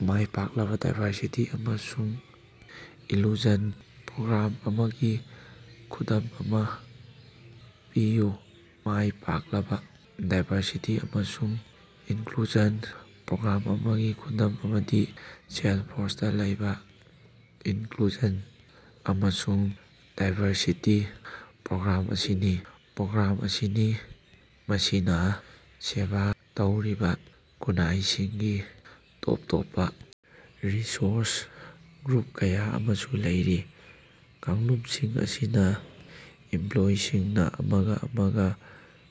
ꯃꯥꯏ ꯄꯥꯛꯂꯕ ꯗꯥꯏꯕꯔꯁꯤꯇꯤ ꯑꯃꯁꯨꯡ inclusion program ꯑꯃꯒꯤ ꯈꯨꯗꯝ ꯑꯃ ꯄꯤꯌꯨ꯫ ꯃꯥꯏ ꯄꯥꯛꯂꯕ ꯗꯥꯏꯕꯔꯁꯤꯇꯤ ꯑꯃꯁꯨꯡ ꯏꯅꯛꯂꯨꯖꯟ ꯄ꯭ꯔꯣꯒ꯭ꯔꯥꯝ ꯑꯃꯒꯤ ꯈꯨꯗꯝ ꯑꯃꯗꯤ ꯁꯦꯂꯁꯐꯣꯔꯁꯇꯥ ꯂꯩꯕ "ꯏꯅꯛꯂꯨꯖꯟ ꯑꯃꯁꯨꯡ ꯗꯥꯏꯕꯔꯁꯤꯇꯤ ꯄ꯭ꯔꯣꯒ꯭ꯔꯥꯝ"ꯑꯁꯤꯅꯤ꯫ ꯄ꯭ꯔꯣꯒ꯭ꯔꯥꯝ ꯑꯁꯤꯅ ꯃꯁꯤꯅ ꯁꯦꯕ ꯇꯧꯔꯤꯕ ꯈꯨꯟꯅꯥꯏꯁꯤꯡꯒꯤ ꯇꯣꯞ ꯇꯣꯞꯄ ꯔꯤꯁꯣꯔꯁ ꯒ꯭ꯔꯨꯞ ꯀꯌꯥ ꯑꯃꯁꯨ ꯂꯩꯔꯤ꯫ ꯀꯥꯡꯂꯨꯄꯁꯤꯡ ꯑꯁꯤꯅꯥ ꯏꯃꯞꯂꯣꯌꯤꯁꯤꯡꯅ ꯑꯃꯒ ꯑꯃꯒ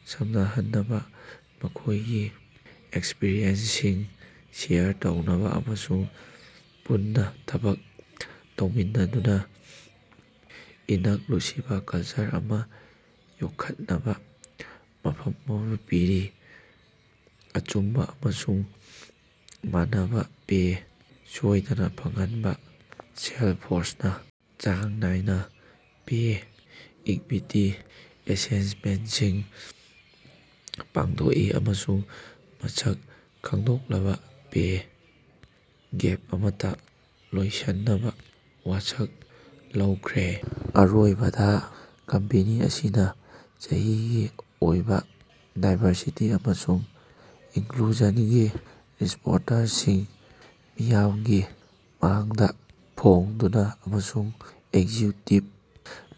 ꯁꯝꯅꯍꯟꯅꯕꯥ, ꯃꯈꯣꯏꯒꯤ ꯑꯦꯛꯁꯄꯔꯤꯌꯦꯟꯁꯁꯤꯡ ꯁꯦꯌꯔ ꯇꯧꯅꯕ ꯑꯃꯁꯨꯡ ꯄꯨꯟꯅ ꯊꯕꯛ ꯇꯧꯃꯤꯟꯅꯗꯨꯅ ꯏꯅꯛꯂꯨꯁꯤꯕ ꯀꯂꯆꯔ ꯑꯃꯥ ꯌꯣꯛꯈꯠꯅꯕ ꯃꯐꯝ ꯑꯃ ꯄꯤꯔꯤ꯫ ꯑꯆꯨꯝꯕ ꯑꯃꯁꯨꯡ ꯃꯥꯟꯅꯕꯥ ꯄꯦ ꯁꯣꯏꯗꯅ ꯐꯪꯍꯟꯅꯕ ꯁꯦꯜꯁꯐꯣꯔꯁꯅꯥ ꯆꯥꯡ ꯅꯥꯏꯅ ꯄꯦ ꯏꯛꯕꯤꯇꯤ ꯑꯦꯁꯦꯁꯃꯦꯟꯇꯁꯤꯡ ꯄꯥꯡꯊꯣꯛꯏ꯫ ꯑꯃꯁꯨꯡ ꯃꯁꯛ ꯈꯪꯗꯣꯛꯂꯕ ꯄꯦ ꯒꯦꯞ ꯑꯃꯠꯇ ꯂꯣꯏꯁꯤꯟꯅꯕ ꯋꯥꯁꯛ ꯂꯧꯈ꯭ꯔꯦ꯫ ꯑꯔꯣꯏꯕꯗ ꯀꯝꯄꯦꯅꯤ ꯑꯁꯤꯅ ꯆꯍꯤꯒꯤ ꯑꯣꯏꯕ ꯗꯥꯏꯕꯔꯁꯤꯇꯤ ꯑꯃꯁꯨꯡ ꯏꯅꯛꯂꯨꯖꯅꯒꯤ ꯔꯤꯄꯣꯔꯇꯁꯤꯡ ꯃꯤꯌꯥꯝꯒꯤ ꯃꯥꯡꯗ ꯐꯣꯉꯗꯨꯅ ꯑꯃꯁꯨꯡ ꯑꯦꯀꯖꯤꯛꯌꯨꯇꯤꯕ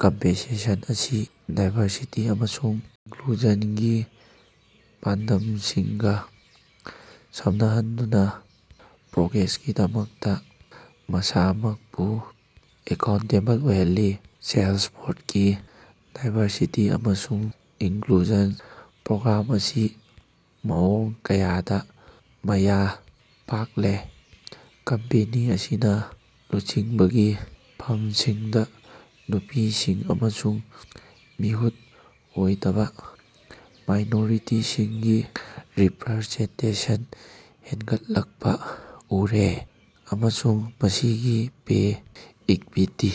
ꯀꯝꯄꯦꯟꯁꯦꯁꯟ ꯑꯁꯤ ꯗꯥꯏꯕꯔꯁꯤꯇꯤ ꯑꯃꯁꯨꯡ ꯏꯅꯛꯂꯨꯖꯅꯒꯤ ꯄꯥꯟꯗꯝꯁꯤꯡꯒ ꯁꯝꯅꯍꯟꯗꯨꯅ ꯄ꯭ꯔꯣꯒ꯭ꯔꯦꯁꯀꯤꯗꯃꯛꯇ ꯃꯁꯥꯃꯛꯄꯨ ꯑꯦꯀꯥꯎꯟꯇꯦꯕꯜ ꯑꯣꯏꯍꯜꯂꯤ꯫ ꯁꯦꯂꯁꯐꯣꯔꯁꯀꯤ ꯗꯥꯏꯕꯔꯁꯤꯇꯤ ꯑꯃꯁꯨꯡ ꯏꯅꯛꯂꯨꯖꯟ ꯄ꯭ꯔꯣꯒ꯭ꯔꯥꯝ ꯑꯁꯤ ꯃꯑꯣꯡ ꯀꯌꯥꯗꯥ ꯃꯥꯌ ꯄꯥꯛꯂꯦ꯫ ꯀꯝꯄꯦꯅꯤ ꯑꯁꯤꯅ ꯂꯨꯆꯤꯡꯕꯒꯤ ꯐꯝꯁꯤꯡꯗ ꯅꯨꯄꯤꯁꯤꯡ ꯑꯃꯁꯨꯡ ꯃꯤꯍꯨꯠ ꯑꯣꯏꯗꯕ ꯃꯥꯏꯅꯣꯔꯤꯇꯤꯁꯤꯡꯒꯤ ꯔꯤꯞꯔꯖꯦꯟꯇꯦꯁꯟ ꯍꯦꯅꯒꯠꯂꯛꯄꯥ ꯎꯔꯦ꯫ ꯑꯃꯁꯨꯡ ꯃꯁꯤꯒꯤ ꯄꯦ ꯏꯛꯕꯤꯇꯤ